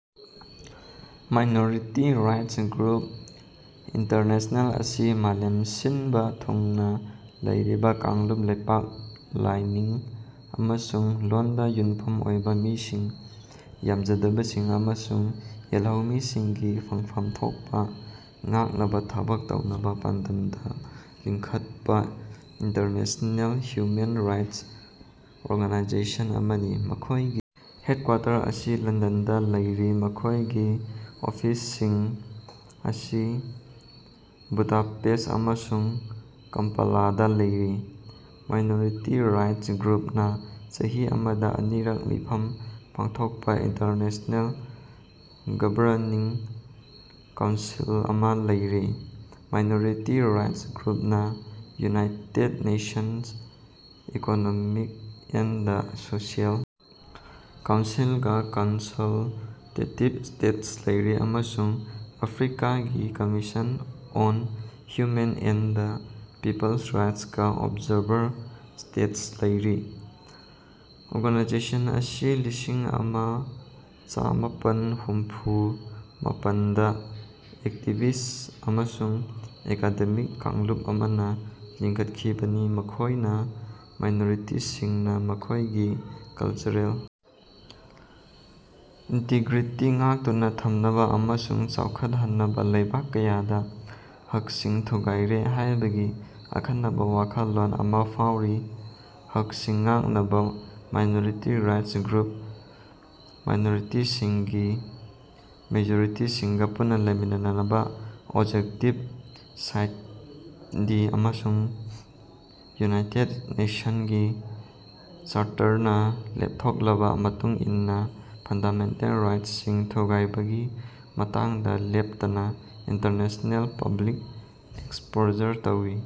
Minority rights group international ꯑꯁꯤ ꯃꯥꯂꯦꯝ ꯁꯤꯟꯕ ꯊꯨꯡꯅ ꯂꯩꯔꯤꯕ ꯀꯥꯡꯂꯨꯞ ꯂꯩꯄꯥꯛ ꯂꯥꯢꯅꯤꯡ ꯑꯃꯁꯨꯡ ꯂꯣꯟꯗ ꯌꯨꯝꯐꯝ ꯑꯣꯢꯕ ꯃꯤꯁꯤꯡ ꯌꯥꯝꯖꯗꯕꯁꯤꯡ ꯑꯃꯁꯨꯡ ꯌꯦꯜꯍꯧꯃꯤꯁꯤꯡꯒꯤ ꯐꯪꯐꯝ ꯊꯣꯛꯄ ꯉꯥꯛꯅꯕ ꯊꯕꯛ ꯇꯧꯅꯕ ꯄꯥꯟꯗꯝꯗ ꯂꯤꯡꯈꯠꯄ ꯏꯟꯇꯔꯅꯦꯁꯅꯦꯜ ꯍ꯭ꯌꯨꯃꯦꯟ ꯔꯥꯏꯠꯁ ꯑꯣꯔꯒꯥꯅꯥꯏꯖꯦꯁꯟ ꯑꯃꯅꯤ꯫ ꯃꯈꯣꯢꯒꯤ ꯍꯦꯗꯀ꯭ꯋꯥꯇꯔ ꯑꯁꯤ ꯂꯟꯗꯟꯗꯥ ꯂꯩꯔꯤ ꯃꯈꯣꯏꯒꯤ ꯑꯣꯐꯤꯁꯁꯤꯡ ꯑꯁꯤ ꯕꯨꯗꯥꯄꯦꯁ꯭ꯠ ꯑꯃꯁꯨꯡ ꯀꯝꯄꯥꯂꯥꯗꯥ ꯂꯩꯔꯤ꯫ ꯃꯥꯢꯅꯣꯔꯤꯇꯤ ꯔꯥꯢꯠ꯭ꯁ ꯒ꯭ꯔꯨꯞ ꯅꯥ ꯆꯍꯤ ꯑꯃꯗꯥ ꯑꯅꯤꯔꯛ ꯃꯤꯐꯝ ꯄꯥꯡꯊꯣꯛꯄꯥ ꯏꯟꯇꯔꯅꯦꯁ꯭ꯅꯦꯜ ꯒꯕꯔꯅꯤꯡ ꯀꯥꯎꯟꯁꯤꯜ ꯑꯃꯥ ꯂꯩꯔꯤ꯫ ꯃꯥꯢꯅꯣꯔꯤꯇꯤ ꯔꯥꯢꯠ꯭ꯁ ꯒ꯭ꯔꯨꯞꯅꯥ United Nations economic and social council ꯒꯥ ꯀꯟꯁꯜꯇꯦꯇꯤꯕ ꯁ꯭ꯇꯦꯇꯁ ꯂꯩꯔꯤ ꯑꯃꯁꯨꯡ ꯑꯐ꯭ꯔꯤꯀꯥꯒꯤ commission on human and peoples ꯔꯥꯏꯠꯁꯀꯥ ꯑꯣꯕꯖꯥꯔꯚꯔ ꯁ꯭ꯇꯦꯇꯁ ꯂꯩꯔꯤ꯫ ꯑꯣꯔꯒꯅꯥꯏꯖꯦꯁꯟ ꯑꯁꯤ ꯂꯤꯁꯤꯡ ꯑꯃ ꯆꯃꯥꯄꯟ ꯍꯨꯝꯐꯨ ꯃꯥꯄꯟꯗꯥ ꯑꯦꯛꯇꯤꯕꯤꯁ꯭ꯠ ꯑꯃꯁꯨꯡ ꯑꯦꯀꯥꯗꯦꯃꯤꯛ ꯀꯥꯡꯂꯨꯞ ꯑꯃꯅꯥ ꯂꯤꯡꯈꯠꯈꯤꯕꯅꯤ ꯃꯈꯣꯏꯅꯥ ꯃꯥꯏꯅꯣꯔꯤꯇꯤꯁꯤꯡꯅꯥ ꯃꯈꯣꯏꯒꯤ ꯀꯜꯆꯔꯦꯜ ꯏꯟꯇꯤꯒ꯭ꯔꯤꯇꯤ ꯉꯥꯛꯇꯨꯅꯥ ꯊꯝꯅꯕꯥ ꯑꯃꯁꯨꯡ ꯆꯥꯎꯈꯠꯍꯟꯅꯕꯥ ꯂꯩꯕꯥꯛ ꯀꯌꯥꯗꯥ ꯍꯛꯁꯤꯡ ꯊꯨꯒꯥꯏꯔꯤ ꯍꯥꯏꯕꯒꯤ ꯑꯈꯟꯅꯕꯥ ꯋꯥꯈꯜꯂꯣꯟ ꯑꯃꯥ ꯐꯥꯎꯔꯤ ꯍꯛꯁꯤꯡ ꯉꯥꯛꯅꯕꯥ ꯃꯥꯢꯅꯣꯔꯤꯇꯤ ꯔꯥꯢꯠ꯭ꯁ ꯒ꯭ꯔꯨꯞ ꯃꯥꯏꯅꯣꯔꯤꯇꯤꯁꯤꯡꯒꯤ ꯃꯦꯖꯣꯔꯤꯇꯤꯁꯤꯡꯒꯥ ꯄꯨꯟꯅꯥ ꯂꯩꯃꯤꯟꯅꯅꯕꯥ ꯑꯣꯕꯖꯦꯛꯇꯤꯕ ꯁ꯭ꯇꯗꯤ ꯑꯃꯁꯨꯡ ꯌꯨꯅꯥꯏꯇꯦꯗ ꯅꯦꯁꯟ ꯒꯤ ꯆꯥꯔꯇꯔꯅꯥ ꯂꯦꯞꯊꯣꯛꯂꯕꯥ ꯃꯇꯨꯡ ꯏꯟꯅꯥ ꯐꯟꯗꯥꯃꯦꯟꯇꯦꯜ ꯔꯥꯏꯠꯁꯤꯡ ꯊꯨꯒꯥꯏꯕꯒꯤ ꯃꯇꯥꯡꯗꯥ ꯂꯦꯞꯇꯅꯥ ꯏꯟꯇꯔꯅꯦꯁ꯭ꯅꯦꯜ ꯄꯕ꯭ꯂꯤꯛ ꯑꯦꯛꯁꯄꯣꯖꯔ ꯇꯧꯏ꯫